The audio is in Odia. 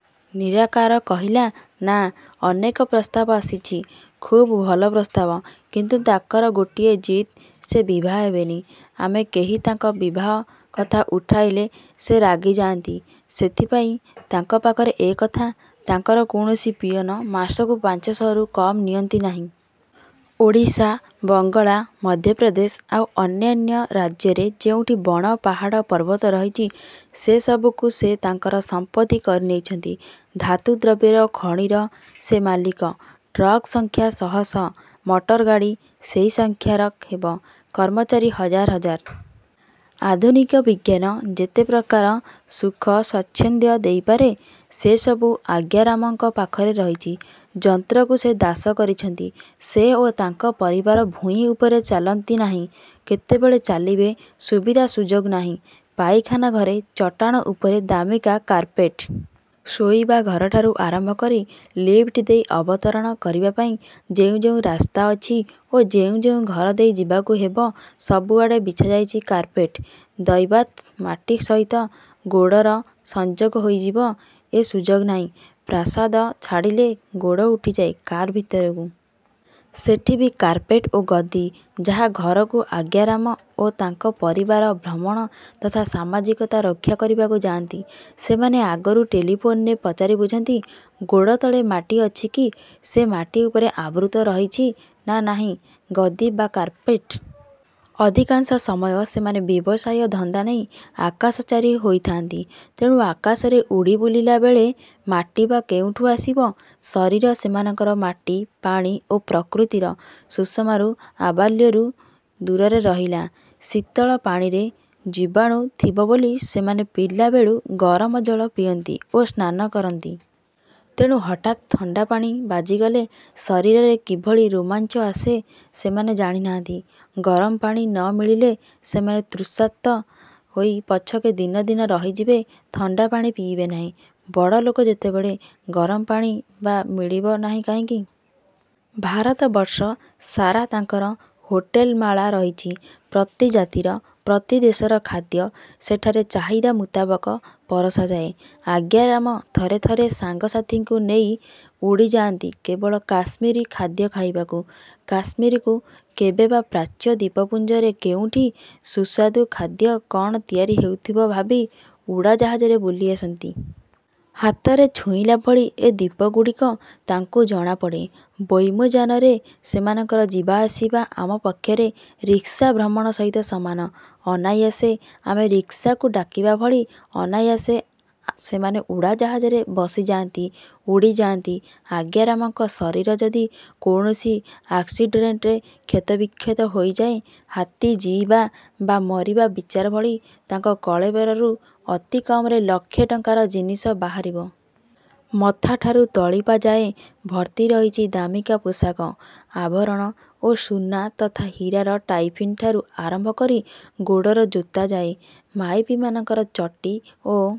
ନିରାକାର କହିଲା-ନା! ଅନେକ ପ୍ରସ୍ତାବ ଆସିଛି। ଖୁବ୍ ଭଲ ପ୍ରସ୍ତାବ; କିନ୍ତୁ ତାଙ୍କର ଗୋଟିଏ ଜିଦ୍ ସେ ବିଭା ହେବେନି। ଆମେ କେହି ତାଙ୍କ ବିବାହ କଥା ଉଠାଇଲେ, ସେ ରାଗି ଯାଆନ୍ତି। ସେଥିପାଇଁ ତାଙ୍କ ପାଖରେ ଏ କଥା। ତାଙ୍କର କୌଣସି ପିଅନ ମାସକୁ ପାଞ୍ଚଶହରୁ କମ୍ ନିଅନ୍ତି ନାହିଁ। ଓଡ଼ିଶା, ବଙ୍ଗଳା, ମଧ୍ୟପ୍ରଦେଶ ଆଉ ଅନ୍ୟାନ୍ୟ ରାଜ୍ୟରେ ଯେଉଁଠି ବଣ ପାହାଡ଼ ପର୍ବତ ରହିଛି, ସେ ସବୁକୁ ସେ ତାଙ୍କର ସମ୍ପତ୍ତି କରିନେଇଛନ୍ତି। ଧାତୁ ଦ୍ରବ୍ୟର ଖଣିର ସେ ମାଲିକ। ଟ୍ରକ୍ ସଂଖ୍ୟା ଶହ ଶହ, ମଟରଗାଡ଼ି ସେହି ସଂଖ୍ୟାର ହେବ। କର୍ମଚାରୀ ହଜାର ହଜାର। ଆଧୁନିକ ବିଜ୍ଞାନ ଯେତେ ପ୍ରକାର ସୁଖସ୍ୱାଚ୍ଛନ୍ଦ୍ୟ ଦେଇପାରେ, ସେ ସବୁ ଆଜ୍ଞାରାମଙ୍କ ପାଖରେ ରହିଛି। ଯନ୍ତ୍ରକୁ ସେ ଦାସ କରିଛନ୍ତି। ସେ ଓ ତାଙ୍କ ପରିବାର ଭୂଇଁ ଉପରେ ଚାଲନ୍ତି ନାହିଁ-। କେତେବେଳେ ଚାଲିବେ-ସୁବିଧା ସୁଯୋଗ କାହିଁ? ପାଇଖାନା ଘରେ ଚଟାଣ ଉପରେ ଦାମିକା କାର୍ପେଟ। ଶୋଇବା ଘରଠାରୁ ଆରମ୍ଭ କରି ଲିଫ୍ଟ ଦେଇ ଅବତରଣ କରିବାପାଇଁ ଯେଉଁ ଯେଉଁ ରାସ୍ତା ଅଛି ଓ ଯେଉଁ ଯେଉଁ ଘର ଦେଇ ଯିବାକୁ ହେବ, ସବୁଆଡେ଼ ବିଛାଯାଇଛି କାର୍ପେଟ। ଦୈବାତ୍ ମାଟି ସହିତ ଗୋଡ଼ର ସଂଯୋଗ ହୋଇଯିବ, ଏ ସୁଯୋଗ ନାହିଁ। ପ୍ରାସାଦ ଛାଡ଼ିଲେ ଗୋଡ଼ ଉଠିଯାଏ କାର୍ ଭିତରକୁ। ସେଠି ବି କାର୍ପେଟ ଓ ଗଦି। ଯାହା ଘରକୁ ଆଜ୍ଞାରାମ ଓ ତାଙ୍କ ପରିବାର ଭ୍ରମଣ ତଥା ସମାଜିକତା ରକ୍ଷାକରିବାକୁ ଯାଆନ୍ତି, ସେମାନେ ଆଗରୁ ଟେଲିଫୋନରେ ପଚାରି ବୁଝନ୍ତି ଗୋଡ଼ ତଳେ ମାଟି ଅଛିକି-ସେ ମାଟି ଉପରେ ଆବୃତ ରହିଛି ନା ନାହିଁ ଗଦି ବା କାର୍ପେଟ୍। ଅଧିକାଂଶ ସମୟ ସେମାନେ ବ୍ୟବସାୟ ଧନ୍ଦାନେଇ ଆକାଶଚାରୀ ହୋଇ ଥାଆନ୍ତି। ତେଣୁ ଆକାଶରେ ଉଡ଼ିବୁଲିଲାବେଳେ ମାଟି ବା କେଉଁଠୁ ଆସିବ? ଶରୀର ସେମାନଙ୍କର ମାଟି, ପାଣି ଓ ପ୍ରକୃତିର ସୁଷମାରୁ ଆବାଲ୍ୟରୁ ଦୂରରେ ରହିଲା-। ଶୀତଳ ପାଣିରେ ଜୀବାଣୁ ଥିବବୋଲି ସେମାନେ ପିଲାବେଳୁ ଗରମ ଜଳ ପିଅନ୍ତି ଓ ସ୍ନାନ କରନ୍ତି-। ତେଣୁ ହଠାତ୍ ଥଣ୍ଡାପାଣି ବାଜିଗଲେ ଶରୀରରେ କିଭଳି ରୋମାଞ୍ଚ ଆସେ, ସେମାନେ ଜାଣି ନାହାଁନ୍ତି। ଗରମପାଣି ନ ମିଳିଲେ, ସେମାନେ ତୃଷାର୍ତ୍ତ ହୋଇ ପଛକେ ଦିନ ଦିନ ରହିଯିବେ, ଥଣ୍ଡା ପାଣି ପିଇବେ ନାହିଁ। ବଡ଼ଲୋକ ଯେତେବେଳେ, ଗରମ ପାଣି ବା ମିଳିବ ନାହିଁ କାହିଁକି? ଭାରତବର୍ଷ ସାରା ତାଙ୍କର ହୋଟେଲମାଳା ରହିଛି। ପ୍ରତି ଜାତିର, ପ୍ରତି ଦେଶର ଖାଦ୍ୟ ସେଠାରେ ଚାହିଦା ମୁତାବକ ପରଷାଯାଏ। ଆଜ୍ଞାରାମ ଥରେ ଥରେ ସାଙ୍ଗସାଥୀଙ୍କୁ ନେଇ ଉଡ଼ିଯାଆନ୍ତି କେବଳ କାଶ୍ମୀରୀ ଖାଦ୍ୟ ଖାଇବାକୁ କାଶ୍ମୀରକୁ। କେବେ ବା ପ୍ରାଚ୍ୟ ଦ୍ଵୀପପୁଞ୍ଜରେ କେଉଁଠି ସୁସ୍ୱାଦୁ ଖାଦ୍ୟ କଅଣ ତିଆରି ହେଉଥିବ ଭାବି ଉଡ଼ାଯାହାଜରେ ବୁଲିଆସନ୍ତି। ହାତରେ ଛୁଇଁଲା ଭଳି ଏ ଦ୍ଵୀପଗୁଡ଼ିକ ତାଙ୍କୁ ଜଣାପଡ଼େ। ବ୍ୟୋମଯାନରେ ସେମାନଙ୍କର ଯିବାଆସିବା ଆମ ପକ୍ଷରେ ରିକ୍ସା ଭ୍ରମଣ ସହିତ ସମାନ। ଅନାୟାସେ ଆମେ ରିକ୍ସାକୁ ଡାକିବା ଭଳି, ଅନାୟାସେ ସେମାନେ ଉଡ଼ାଜାହାଜରେ ବସିଯାଆନ୍ତି, ଉଡ଼ିଯାଆନ୍ତି। ଆଜ୍ଞାରାମଙ୍କ ଶରୀର ଯଦି କୌଣସି ଆକସିଡ଼େଣ୍ଟ୍ରେ କ୍ଷତବିକ୍ଷତ ହୋଇଯାଏ, ହାତୀ ଜୀଇବା ବା ମରିବା ବିଚାର ଭଳି ତାଙ୍କ କଳେବରରୁ ଅତି କମରେ ଲକ୍ଷେ ଟଙ୍କାର ଜିନିଷ ବାହାରିବ। ମଥାଠାରୁ ତଳିପାଯାଏ ଭର୍ତ୍ତି ରହିଛି ଦାମିକା ପୋଷାକ ଆଭରଣ ଓ ସୁନା ତଥା ହୀରାର ଟାଇପିନ୍ ଠାରୁ ଆରମ୍ଭ କରି ଗୋଡ଼ର ଜୋତା ଯାଏ। ମାଇପିମାନଙ୍କର ଚଟି ଓ